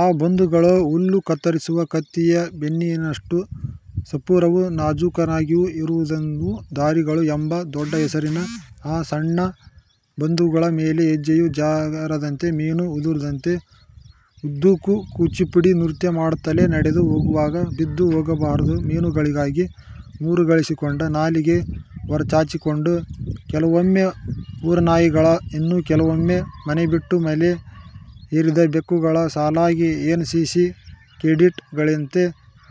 ಆ ಬದುಗಳೋ ಹುಲ್ಲು ಕತ್ತರಿಸುವ ಕತ್ತಿಯ ಬೆನ್ನಿನಷ್ಟು ಸಪೂರವೂ ನಾಜೂಕಾಗಿಯೂ ಇರುತ್ತಿದ್ದವು. ದಾರಿಗಳು ಎಂಬ ದೊಡ್ಡಹೆಸರಿನ ಆ ಸಣ್ಣಬದುಗಳ ಮೇಲೆ ಹೆಜ್ಜೆಯೂ ಜಾರದಂತೆ, ಮೀನೂ ಉದುರದಂತೆ ಉದ್ದಕ್ಕೂ ಕೂಚಿಪುಡಿ ನೃತ್ಯ ಮಾಡುತ್ತಲೇ ನಡೆದು ಹೋಗುವಾಗ; ಬಿದ್ದು ಹೋಗಬಹುದಾದ ಮೀನುಗಳಿಗಾಗಿ ಮೂಗರಳಿಸಿಕೊಂಡು ನಾಲಗೆ ಹೊರಚಾಚಿಕೊಂಡು ಕೆಲವೊಮ್ಮೆ ಊರನಾಯಿಗಳು, ಇನ್ನು ಕೆಲವೊಮ್ಮೆ ಮನೆಬಿಟ್ಟು ಮಲೆ ಏರಿದ ಬೆಕ್ಕುಗಳು ಸಾಲಾಗಿ ಎನ್ ಸಿ ಸಿ ಕೆಡೆಟ್ ಗಳಂತೆ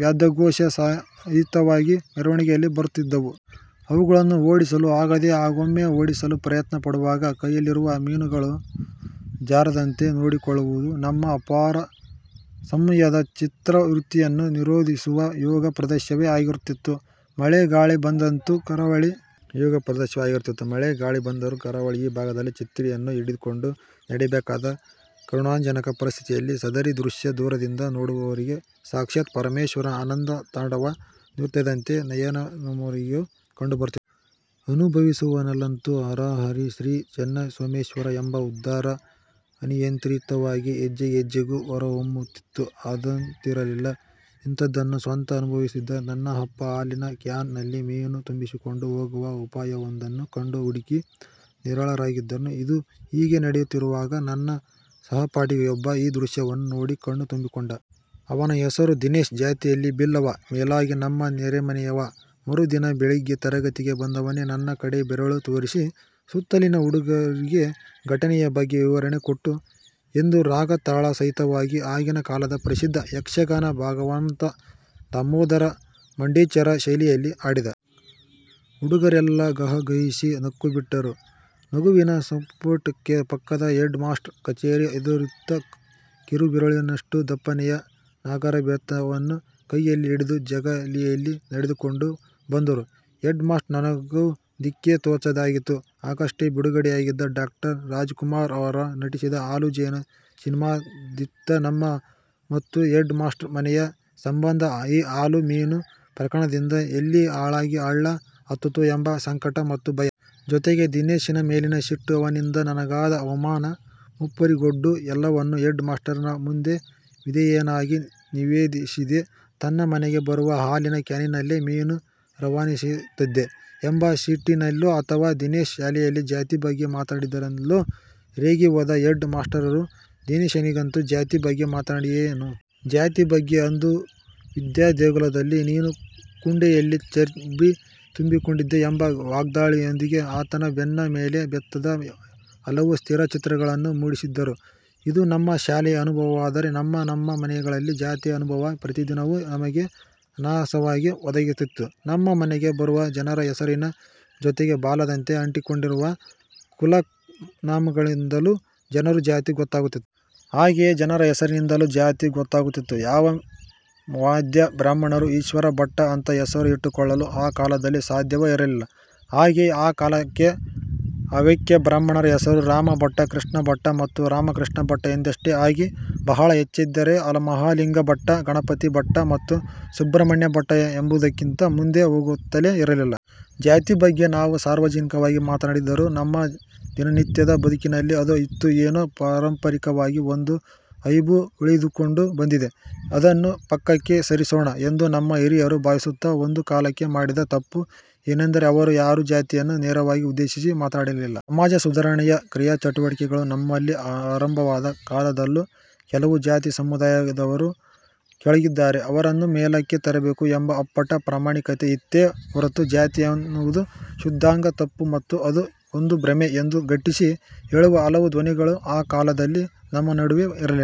ವಾದ್ಯಘೋಷ ಸಹಿತವಾಗಿ ಮೆರವಣಿಗೆಯಲ್ಲಿ ಬರುತ್ತಿದ್ದವು. ಅವುಗಳನ್ನು ಓಡಿಸಲೂ ಆಗದೆ, ಹಾಗೊಮ್ಮೆ ಓಡಿಸಲು ಪ್ರಯತ್ನ ಪಡುವಾಗ ಕೈಯಲ್ಲಿರುವ ಮೀನುಗಳೂ ಜಾರದಂತೆ ನೋಡಿಕೊಳ್ಳುವುದು ನಮ್ಮ ಅಪಾರ ಸಂಯಮದ, ಚಿತ್ತವೃತ್ತಿಯನ್ನು ನಿರೋಧಿಸುವ ಯೋಗ ಪ್ರದರ್ಶನವೇ ಆಗಿರುತ್ತಿತ್ತು. ಮಳೆ-ಗಾಳಿ ಬಂದರಂತೂ ಕರಾವಳಿಯ ಈ ಭಾಗದಲ್ಲಿ ಛತ್ರಿಯನ್ನೂ ಹಿಡಿದುಕೊಂಡು ನಡೆಯಬೇಕಾದ ಕರುಣಾಜನಕ ಪರಿಸ್ಥಿತಿಯಲ್ಲಿ ಸದರಿ ದೃಶ್ಯ ದೂರದಿಂದ ನೋಡುವವರಿಗೆ ಸಾಕ್ಷಾತ್ ಪರಮೇಶ್ವರನ ಆನಂದ ತಾಂಡವ ನೃತ್ಯದಂತೆ ನಯನಮನೋಹರವಾಗಿಯೂ ಕಂಡುಬರುತ್ತಿತ್ತು. ಅನುಭವಿಸುವವನಲ್ಲಂತೂ ಹರಹರಾ ಶ್ರೀ ಚೆನ್ನಸೋಮೇಶ್ವರ ಎಂಬ ಉದ್ಗಾರ ಅನಿಯಂತ್ರಿತವಾಗಿ ಹೆಜ್ಜೆಹೆಜ್ಜೆಗೂ ಹೊರಹೊಮ್ಮುತ್ತಿತ್ತು ಅದಂತಿರಲಿ. ಇಂಥದ್ದನ್ನು ಸ್ವತಃ ಅನುಭವಿಸಿದ್ದ ನನ್ನ ಅಪ್ಪ ಹಾಲಿನ ಕ್ಯಾನ್ ನಲ್ಲಿ ಮೀನು ತುಂಬಿಸಿಕೊಂಡು ಹೋಗುವ ಉಪಾಯವೊಂದನ್ನು ಕಂಡು ಹುಡುಕಿ ನಿರಾಳರಾಗಿದ್ದರು. ಇದು ಹೀಗೇ ನಡೆಯುತ್ತಿರುವಾಗ ನನ್ನ ಸಹಪಾಠಿಯೊಬ್ಬ ಈ ದೃಶ್ಯವನ್ನು ನೋಡಿ ಕಣ್ಣು ತುಂಬಿಕೊಂಡ. ಅವನ ಹೆಸರು ದಿನೇಶ. ಜಾತಿಯಲ್ಲಿ ಬಿಲ್ಲವ. ಮೇಲಾಗಿ ನಮ್ಮ ನೆರೆಮನೆಯವ. ಮರುದಿನ ಬೆಳಿಗ್ಗೆ ತರಗತಿಗೆ ಬಂದವನೇ ನನ್ನ ಕಡೆ ಬೆರಳು ತೋರಿಸಿ, ಸುತ್ತಲಿನ ಹುಡುಗರಿಗೆ ಘಟನೆಯ ಬಗ್ಗೆ ವಿವರಣೆ ಕೊಟ್ಟು- – ಎಂದು ರಾಗ ತಾಳ ಸಹಿತವಾಗಿ ಆಗಿನ ಕಾಲದ ಪ್ರಸಿದ್ಧ ಯಕ್ಷಗಾನ ಭಾಗವತ ದಾಮೋದರ ಮಂಡೆಚ್ಚರ ಶೈಲಿಯಲ್ಲಿ ಹಾಡಿದ. ಹುಡುಗರೆಲ್ಲ ಗಹಗಹಿಸಿ ನಕ್ಕುಬಿಟ್ಟರು. ನಗುವಿನ ಆಸ್ಫೋಟಕ್ಕೆ ಪಕ್ಕದ ಹೆಡ್ ಮಾಸ್ಟ್ರ ಕಛೇರಿ ಅದುರಿತು. ಕಿರುಬೆರಳಿನಷ್ಟು ದಪ್ಪನೆಯ ನಾಗರಬೆತ್ತವನ್ನು ಕೈಯಲ್ಲಿ ಹಿಡಿದು ಜಗಲಿಯಲ್ಲಿ ನಡೆದುಕೊಂಡು ಬಂದರು ಹೆಡ್ ಮಾಸ್ಟ್ರು. ನನಗೋ ದಿಕ್ಕೇ ತೋಚದಂತಾಗಿತ್ತು. ಆಗಷ್ಟೇ ಬಿಡುಗಡೆಯಾಗಿದ್ದ ಡಾ. ರಾಜ್ ಕುಮಾರ್ ರವರು ನಟಿಸಿದ್ದ ಹಾಲು-ಜೇನು ಸಿನಿಮಾದಂತಿದ್ದ ನಮ್ಮ ಮತ್ತು ಹೆಡ್ ಮಾಸ್ಟ್ರ ಮನೆಯ ಸಂಬಂಧ ಈ ಹಾಲು-ಮೀನು ಪ್ರಕರಣದಿಂದ ಎಲ್ಲಿ ಹಾಳಾಗಿ ಹಳ್ಳ ಹತ್ತುತ್ತೋ ಎಂಬ ಸಂಕಟ ಮತ್ತು ಭಯ. ಜೊತೆಗೆ ದಿನೇಶನ ಮೇಲಿನ ಸಿಟ್ಟು, ಅವನಿಂದ ನನಗಾದ ಅವಮಾನ ಮುಪ್ಪುರಿಗೊಂಡು ಎಲ್ಲವನ್ನೂ ಹೆಡ್ ಮಾಸ್ಟರರ ಮುಂದೆ ವಿಧೇಯನಾಗಿ ನಿವೇದಿಸಿದೆ. ತನ್ನ ಮನೆಗೆ ಬರುವ ಹಾಲಿನ ಕ್ಯಾನಿನಲ್ಲೇ ಮೀನೂ ರವಾನೆಯಾಗುತ್ತದೆ ಎಂಬ ಸಿಟ್ಟಿನಲ್ಲೋ ಅಥವ ದಿನೇಶ ಶಾಲೆಯಲ್ಲಿ ಜಾತಿ ಬಗ್ಗೆ ಮಾತಾಡಿದ್ದರಿಂದಲೋ ರೇಗಿ ಹೋದ ಹೆಡ್ ಮಾಸ್ಟರರು ದಿನೇಶನಿಗಂತೂ "ಜಾತಿ ಬಗ್ಗೆ ಮಾತಾಡ್ತಿಯೇನೋ. ಜಾತಿ ಬಗ್ಗೆ. ಅದೂ ವಿದ್ಯಾ ದೇಗುಲದಲ್ಲಿ. ನಿನ್ನ ಕುಂಡೆಯಲ್ಲಿ ಚರ್ಬಿ ತುಂಬಿಕೊಂಡಿದೆ" ಎಂಬ ವಾಗ್ದಾಳಿಯೊಂದಿಗೆ ಆತನ ಬೆನ್ನ ಮೇಲೆ ಬೆತ್ತದ ಹಲವು ಸ್ಥಿರ ಚಿತ್ರಗಳನ್ನು ಮೂಡಿಸಿದ್ದರು. ಇದು ನಮ್ಮ ಶಾಲೆಯ ಅನುಭವವಾದರೆ ನಮ್ಮನಮ್ಮ ಮನೆಗಳಲ್ಲಿ ಜಾತಿಯ ಅನುಭವ ಪ್ರತಿದಿನವೂ ನಮಗೆ ಅನಾಯಾಸವಾಗಿ ಒದಗುತ್ತಿತ್ತು. ನಮ್ಮ ಮನೆಗೆ ಬರುವ ಜನರ ಹೆಸರಿನ ಜೊತೆ ಬಾಲದಂತೆ ಅಂಟಿಕೊಂಡಂತಿರುವ ಕುಲನಾಮಗಳಿಂದಲೂ ಜನರ ಜಾತಿ ಗೊತ್ತಾಗುತ್ತಿತ್ತು. ಹಾಗೆಯೇ ಜನರ ಹೆಸರಿನಿಂದಲೂ ಜಾತಿ ಗೊತ್ತಾಗುತ್ತಿತ್ತು. ಯಾವ ಮಾಧ್ವ ಬ್ರಾಹ್ಮಣರೂ ಈಶ್ವರ ಭಟ್ಟ ಅಂತ ಹೆಸರು ಇಟ್ಟುಕೊಳ್ಳಲು ಆ ಕಾಲದಲ್ಲಿ ಸಾಧ್ಯವೇ ಇರಲಿಲ್ಲ. ಹಾಗೆಯೇ ಆ ಕಾಲಕ್ಕೆ ಹವ್ಯಕ ಬ್ರಾಹ್ಮಣರ ಹೆಸರು ರಾಮ ಭಟ್ಟ, ಕೃಷ್ಣ ಭಟ್ಟ ಮತ್ತು ರಾಮಕೃಷ್ಣ ಭಟ್ಟ ಎಂದಷ್ಟೇ ಆಗಿ ಬಹಳ ಹೆಚ್ಚೆಂದರೆ ಮಹಾಲಿಂಗ ಭಟ್ಟ, ಗಣಪತಿ ಭಟ್ಟ ಮತ್ತು ಸುಬ್ರಹ್ಮಣ್ಯ ಭಟ್ಟ ಎಂಬುದಕ್ಕಿಂತ ಮುಂದೆ ಹೋಗುತ್ತಲೇ ಇರಲಿಲ್ಲ. ಜಾತಿ ಬಗ್ಗೆ ನಾವು ಸಾರ್ವಜನಿಕವಾಗಿ ಮಾತಾಡದಿದ್ದರೂ ನಮ್ಮ ದಿನನಿತ್ಯದ ಬದುಕಿನಲ್ಲಿ ಅದು ಇತ್ತು. ಏನೋ ಪಾರಂಪರಿಕವಾಗಿ ಒಂದು ಐಬು ಉಳಿದುಕೊಂಡು ಬಂದಿದೆ. ಅದನ್ನು ಪಕ್ಕಕ್ಕೆ ಸರಿಸೋಣ ಎಂದು ನಮ್ಮ ಹಿರಿಯರು ಭಾವಿಸುತ್ತ ಒಂದು ಕಾಲಕ್ಕೆ ಮಾಡಿದ ತಪ್ಪು ಏನೆಂದರೆ ಅವರು ಯಾರೂ ಜಾತಿಯನ್ನು ನೇರವಾಗಿ ಉದ್ದೇಶಿಸಿ ಮಾತಾಡಲಿಲ್ಲ. ಸಮಾಜಸುಧಾರಣೆಯ ಕ್ರಿಯಾಚಟುವಟಿಕೆಗಳು ನಮ್ಮಲ್ಲಿ ಆರಂಭವಾದ ಕಾಲದಲ್ಲೂ, 'ಕೆಲವು ಜಾತಿ ಸಮುದಾಯಗಳವರು ಕೆಳಗಿದ್ದಾರೆ, ಅವರನ್ನು ಮೇಲಕ್ಕೆ ತರಬೇಕು' ಎಂಬ ಅಪ್ಪಟ ಪ್ರಾಮಾಣಿಕತೆ ಇತ್ತೇ ಹೊರತು, ಜಾತಿ ಎನ್ನುವುದೇ ಶುದ್ಧಾಂಗ ತಪ್ಪು ಮತ್ತು ಅದು ಒಂದು ಭ್ರಮೆ ಎಂದು ಗಟ್ಟಿಸಿ ಹೇಳುವ ಹಲವು ಧ್ವನಿಗಳು ಆ ಕಾಲದಲ್ಲಿ ನಮ್ಮ ನಡುವೆ ಇರಲಿಲ್ಲ.